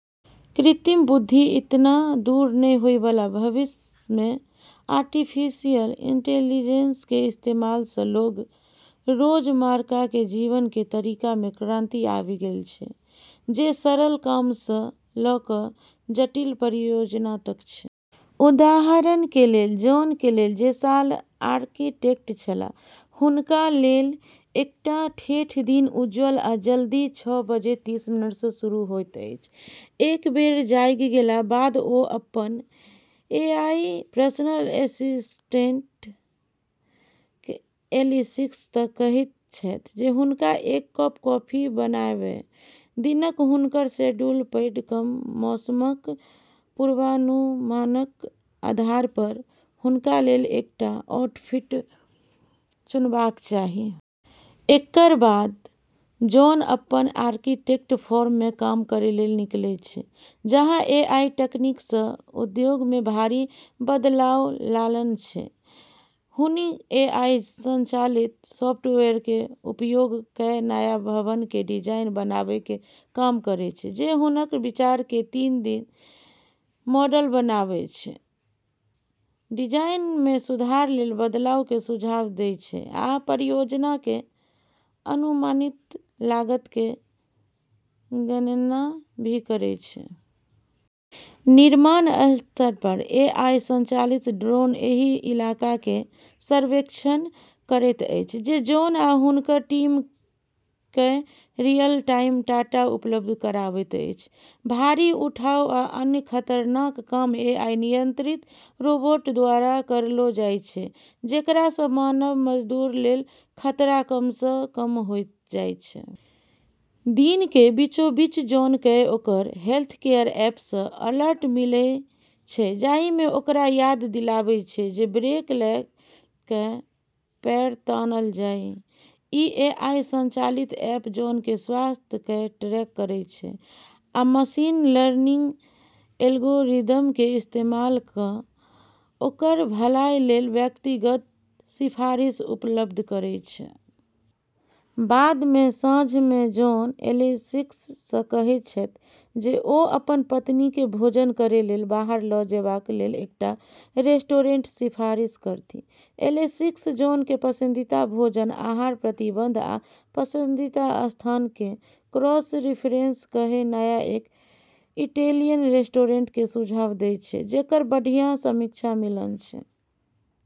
कृत्रिम बुद्धि एतना दूर नै होय वाला भविष्य मे आर्टिफिशियल इंटेलिजेंस के इस्तेमाल सँ लोग के रोजमर्रा के जीवन के तरीका मे क्रांति आबि गेल छै, जे सरल काम सँ लय कय जटिल परियोजना तक छै। उदाहरण के लेल जॉन के लेल, जे साल के आर्किटेक्ट छलाह। हुनका लेल एकटा ठेठ दिन उज्ज्वल आ जल्दी छह बजे तीस मिनट सँ शुरू होइत अछि। एक बेर जागि गेलाक बाद ओ अपन एआई पर्सनल असिस्टेंट "एलेक्सिस" सँ कहैत छथि जे हुनका एक कप कॉफी बनाबय, दिनक हुनकर शेड्यूल पढ़ि कय मौसमक पूर्वानुमानक आधार पर हुनका लेल एकटा आउटफिट चुनबाक चाही। एकर बाद जॉन अपन आर्किटेक्चर फर्म मे काम करै लेल निकलै छै, जहाँ एआई तकनीक नँ उद्योग मे भारी बदलाव लानल छै। हुनी एआई संचालित सॉफ्टवेयर के उपयोग कय नया भवन के डिजाइन बनाबै के काम करै छै जे हुनक विचार के तीन-डी मॉडल बनाबै छै, डिजाइन मे सुधार लेल बदलाव के सुझाव दै छै, आ परियोजना के अनुमानित लागत के गणना भी करै छै। निर्माण स्थल पर एआई संचालित ड्रोन एहि इलाका क सर्वेक्षण करैत अछि आ जॉन आ हुनकर टीम कए रियल टाइम डाटा उपलब्ध कराबैत अछि। भारी उठाव आ अन्य खतरनाक काम एआई नियंत्रित रोबोट द्वारा करलौ जाय छै, जेकरा सँ मानव मजदूर लेल खतरा कम सँ कम होय जाय छै। दिन के बीचोबीच जॉन कए ओकर हेल्थकेयर ऐप सँ अलर्ट मिलै छै जाहि मे ओकरा याद दिलाबै छै जे ब्रेक लय कय पैर तानल जाय। ई एआई संचालित ऐप जॉन के स्वास्थ्य कय ट्रैक करै छै आ मशीन लर्निंग एल्गोरिदम के इस्तेमाल कय ओकर भलाई लेल व्यक्तिगत सिफारिश उपलब्ध करै छै। बाद मे साँझ मे जॉन एलेक्सिस सँ कहैत छथि जे ओ अपन पत्नी के भोजन करय लेल बाहर लय जेबाक लेल एकटा रेस्टोरेंटक सिफारिश करथि। एलेक्सिस जॉन के पसंदीदा भोजन, आहार प्रतिबंध, आ पसंदीदा स्थान के क्रॉस-रेफरेंस कय एक नया इटैलियन रेस्टोरेंट के सुझाव दै छै जेकर बढ़िया समीक्षा मिलल छै।